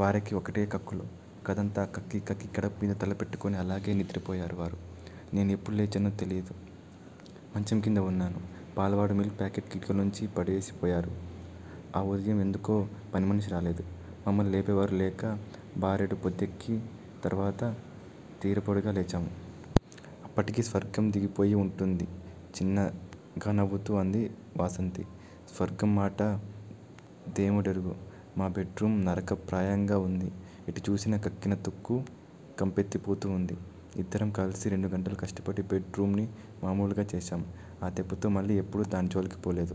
వారికి వకటే కక్కులు. గదంతా కక్కి కక్కి గడపమీద తలపెట్టుకుని అలాగే నిద్రపోయారు వారు. నేను ఎప్పుడు లేచానో తెలియదు. మంచంకింద వున్నాను. పాలవాడు మిల్క్ ప్యాకెట్ కిటికీలోంచి పడేసిపోయారు. ఆ ఉదయం ఎందుకో పనిమనిషి రాలేదు. మమ్మల్ని లేపేవారు లేక బారెడు పొద్దెక్కి తరువాత తీరుబడిగా లేచాము. అప్పటికి స్వర్గం దిగిపోయి వుంటుంది చిన్నగా నవ్వుతూ అంది వాసంతి. స్వర్గంమాట దేముడెరుగు. మా బెడ్ రూమ్ నరకప్రాయంగా వుంది. ఎటు చూసినా కక్కిన తుక్కు కంపెత్తిపోతూ వుంది. ఇద్దరం కలిసి రెండుగంటలు కష్టపడి బెడ్ రూంని మామూలుగా చేశాము. ఆ దెబ్బతో మళ్ళీ ఎప్పుడూ దాని జోలికి పోలేదు.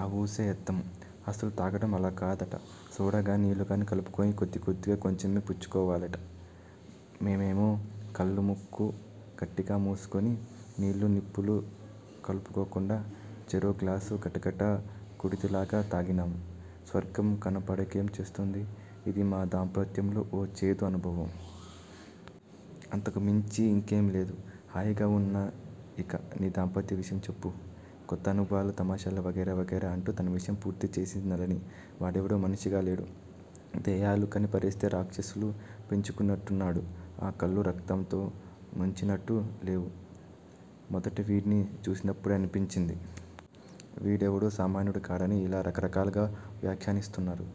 ఆ ఊసే ఎత్తము. అసలు తాగటం అలా కాదుట సోడాగాని నీళ్ళుగాని కలుపుకుని కొద్దికొద్దిగా కొంచెమే పుచ్చుకోవాలిట. మేమేమో కళ్ళూ ముక్కూ గట్టిగా మూసుకుని నీళ్ళూ నిప్పులూ కలుపుకోకుండా చెరో గ్లాసు గటగట కుడితి లాగా తాగితిమి. స్వర్గం కనపడకేం చేస్తుంది. ఇది మా దాంపత్యంలో ఓ చేదు అనుభవం. అంతకుమించి యింకేమీ లేదు. హాయిగా వున్నా యిక నీ దాంపత్యం విషయం చెప్పు. కొత్త అనుభవాలు తమాషాలు వగైరా వగైరా అంటూ తన విషయం పూర్తి చేసింది నళిని. వీడెవడో మనిషిగా లేడు. దెయ్యాలు కనిపారేస్తే రాక్షసులు పెంచుకుంటున్నట్టున్నాడు. ఆ కళ్ళు రక్తంలో ముంచినట్టు లేవూ మొదట వీడ్ని చూసినప్పుడే అనిపించింది. వీడెవడో సామాన్యుడు కాడని ఇలా రకరకాలుగా వ్యాఖ్యానిస్తున్నారు.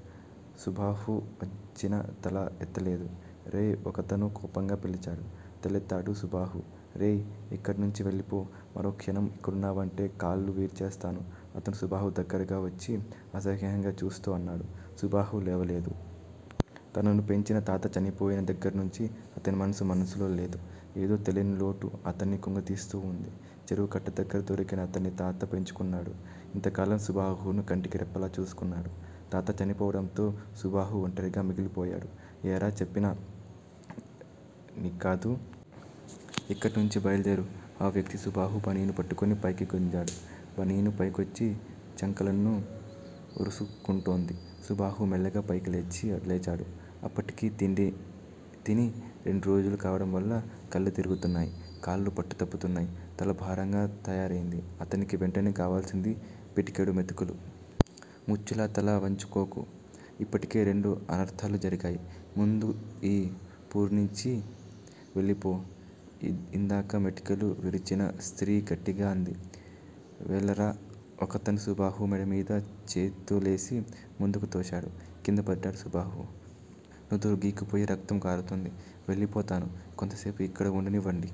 సుబాహు వంచిన తల ఎత్తలేదు. రేయ్ ఒకతను కోపంగా పిలిచాడు. తలెత్తాడు సుబాహు. రేయ్. ఇక్కడ్నుంచి వెళ్ళిపో. మరో క్షణం ఇక్కడున్నావంటే కాళ్ళు విరిచేస్తాను అతను సుబాహు దగ్గరగా వచ్చి అసహ్యంగా చూస్తూ అన్నాడు. సుబాహు లేవలేదు. తనను పెంచిన తాత చనిపోయిన దగ్గర్నుంచి అతని మనసు మనసులో లేదు. ఏదో తెలియని లోటు అతన్ని కుంగదీస్తూ వుంది. చెరువు కట్ట దగ్గర దొరికిన అతన్ని తాత పెంచుకున్నాడు. ఇంతకాలం సుబాహును కంటికి రెప్పలా చూసుకున్నాడు. తాత చనిపోవడంతో సుబాహు ఒంటరిగా మిగిలిపోయాడు. ఏరా చెప్పేది నీక్కాదూ. ఇక్కడ్నుంచి బయల్దేరు ఆ వ్యక్తి సుబాహు బనీను పట్టుకుని పైకి గుంజాడు. బనీను పైకొచ్చి చంకలను ఒరుసుకుంటోంది. సుబాహు మెల్లగా పైకి లేచాడు. అప్పటికి తిండితిని రెండురోజులు కావడం వల్ల కళ్ళు తిరుగుతున్నాయి. కాళ్ళు పట్టుతప్పుతున్నాయి. తల భారంగా తయారైంది. అతనికి వెంటనే కావాల్సింది పిడికెడు మెతుకులు. ముచ్చులా తల వంచుకోకు. ఇప్పటికే రెండు అనర్థాలు జరిగాయి. ముందు ఈ వూర్నుంచి వెళ్ళిపో ఇందాక మెటికలు విరిచిన స్త్రీ గట్టిగా అంది. వెళ్ళరా ఒకతను సుబాహు మెడమీద చేతులేసి ముందుకు తోశాడు. కిందపడ్డాడు సుబాహు. నుదురు గీక్కుపోయి రక్తం కారుతోంది. వెళ్ళిపోతాను. కొంతసేపు ఇక్కడ వుండనివ్వండి.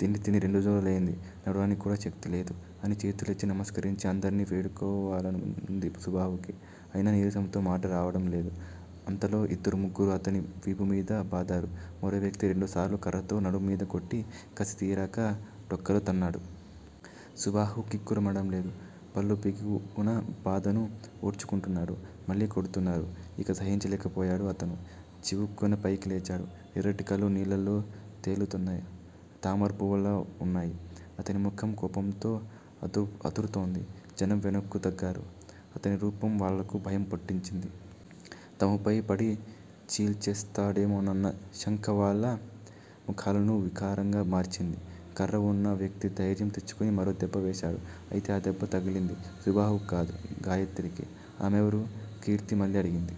తిండి తిని రెండు రోజులైంది. నడవడానికి కూడా శక్తి లేదు. అని చేతులెత్తి నమస్కరించి అందరినీ వేడుకోవాలనుంది సుబాహుకి. అయినా నీరసంతో మాట రావడం లేదు. అంతలో ఇద్దరు ముగ్గురు అతని వీపుమీద బాదారు. మరో వ్యక్తి రెండుసార్లు కర్రతో నడుంమీద కొట్టి, కసి తీరక డొక్కలో తన్నాడు. సుబాహు కిక్కురు మనడం లేదు. పళ్ళబిగువున బాధను ఓర్చుకుంటున్నాడు. మళ్ళీ కొడుతున్నారు. ఇక సహించలేకపోయాడు అతను. చివుక్కున పైకి లేచాడు. ఎర్రటి కళ్ళు నీళ్ళల్లో తేలుతున్న తామర పువ్వుల్లా వున్నాయి. అతని ముఖం కోపంతో అదురుతోంది. జనం వెనక్కు తగ్గారు. అతని రూపం వాళ్ళకు భయం పుట్టించింది. తమపై పడి చీల్చేస్తాడేమోనన్న శంక వాళ్ళ ముఖాలను వికారంగా మార్చింది. కర్రవున్న వ్యక్తి ధైర్యం తెచ్చుకుని మరో దెబ్బ వేశాడు. అయితే ఆ దెబ్బ తగిలింది సుబాహుకు కాదు, గాయత్రికి. ఆమెవరు? కీర్తి మళ్లీ అడిగింది.